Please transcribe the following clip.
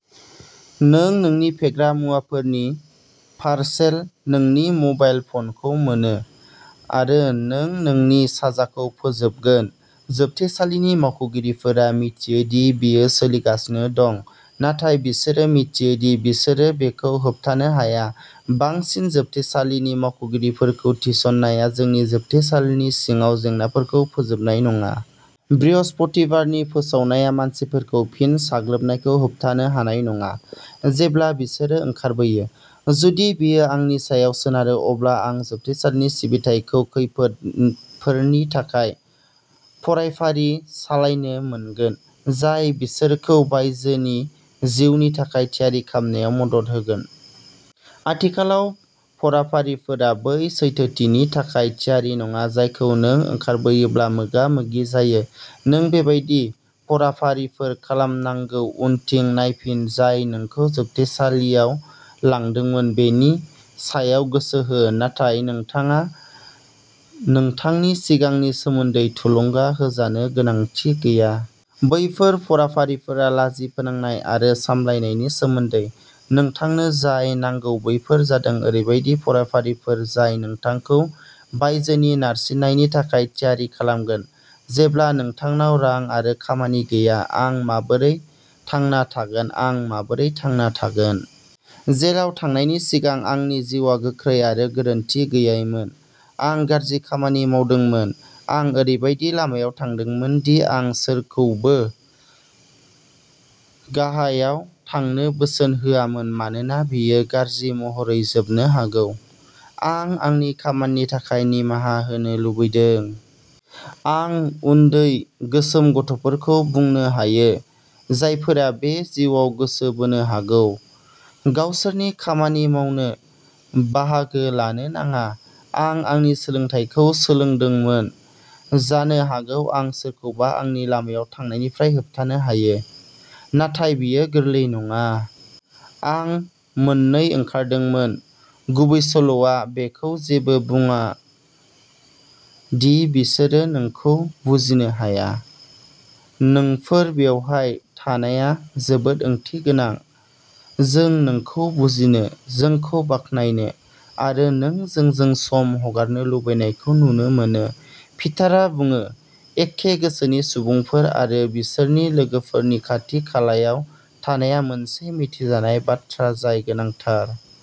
नों नोंनि फेग्रा मुवाफोरनि पारसेल, नोंनि म'बाइल फ'नखौ मोनो, आरो नों नोंनि साजाखौ फोजोबगोन। जोबथेसालिनि मावगिरिफोरा मिथियो दि बेयो सोलिगासिनो दं, नाथाय बिसोरो मिथियो दि बिसोरो बेखौ होबथानो हाया। बांसिन जोबथेसालिनि मावख'गिरिफोरखौ थिसननाया जोंनि जोबथेसालिनि सिङाव जेंनाफोरखौ फोजोबनाय नङा। बृहस्पतिबारनि फोसावनाया मानसिफोरखौ फिन गाग्लोबनायखौ होबथानो हानाय नङा, जेब्ला बिसोरो ओंखारबोयो। जुदि बेयो आंनि सायाव सोनारो, अब्ला आं जोबथेसालिनि सिबिथाइखौ खैदीफोरनि थाखाय फरायफारि सालायनो मोनगोन, जाय बिसोरखौ बायजोनि जिउनि थाखाय थियारि खालामनायाव मदद होगोन। आथिखालाव, फरायफारिफोरा बै सैथोथिनि थाखाय थियारि नङा, जायखौ नों ओंखारबोयोब्ला मोगा-मोगि जायो। नों बेबादि फरायफारिफोर खालामनांगौ। उनथिं नायफिन, जाय नोंथांखौ जोबथेसालियाव लांदोंमोन बेनि सायाव गोसो हो। नाथाय नोंथाङा नोंथांनि सिगांनि सोमोन्दै थुलुंगा होजानो गोनांथि गैया। बैफोर फरायफारिफोरा लाजि फोनांनाय आरो सामलायनायनि सोमोन्दै। नोंथांनो जाय नांगौ बेफोर जादों ओरैबायदि फरायफारिफोर जाय नोंथांखौ बायजोनि नारसिननायनि थाखाय थियारि खालामगोन, जेब्ला नोंथांनाव रां आरो खामानि गैया। आं माबोरै थांना थागोन? आं माबोरै थांना थागोन? जेलाव थांनायनि सिगां, आंनि जिउआ गोख्रै आरो गोरोनथि गैयैमोन। आं गाज्रि खामानि मावदोंमोन। आं ओरैबायदि लामायाव थांदोंमोन दि आं सोरखौबो गाहायाव थांनो बोसोन होआमोन मानोना बेयो गाज्रि महरै जोबनो हागौ। आं आंनि खामानिनि थाखाय निमाहा होनो लुबैदों। आं उन्दै गोसोम गथ'फोरखौ बुंनो हायो, जायफोरा बै जिउआव गोसो बोनो हागौ, गावसोरनि खामानि मावनो, बाहागो लानो नाङा। आं आंनि सोलोंथायखौ सोलोंदोंमोन। जानो हागौ आं सोरखौबा आंनि लामायाव थांनायनिफ्राय होबथानो हायो। नाथाय बेयो गोरलै नङा। आं मोननै ओंखारदोंमोन। गुबैसल'आ बेखौ जेबो बुङाया दि'बिसोरो नोंखौ बुजिनो हाया'। "नोंफोर बेवहाय थानाया जोबोद ओंथि गोनां। जों नोंखौ बुजिनो, जोंखौ बाख्नायनो आरो नों जोंजों सम हगारनो लुबैनायखौ नुनो मोनो", पिटारआ बुङो। एखे गोसोनि सुबुंफोर आरो बिसोरनि लोगोफोरनि खाथि-खालायाव थानाया मोनसे मिथिजानाय बाथ्रा जाय गोनांथार।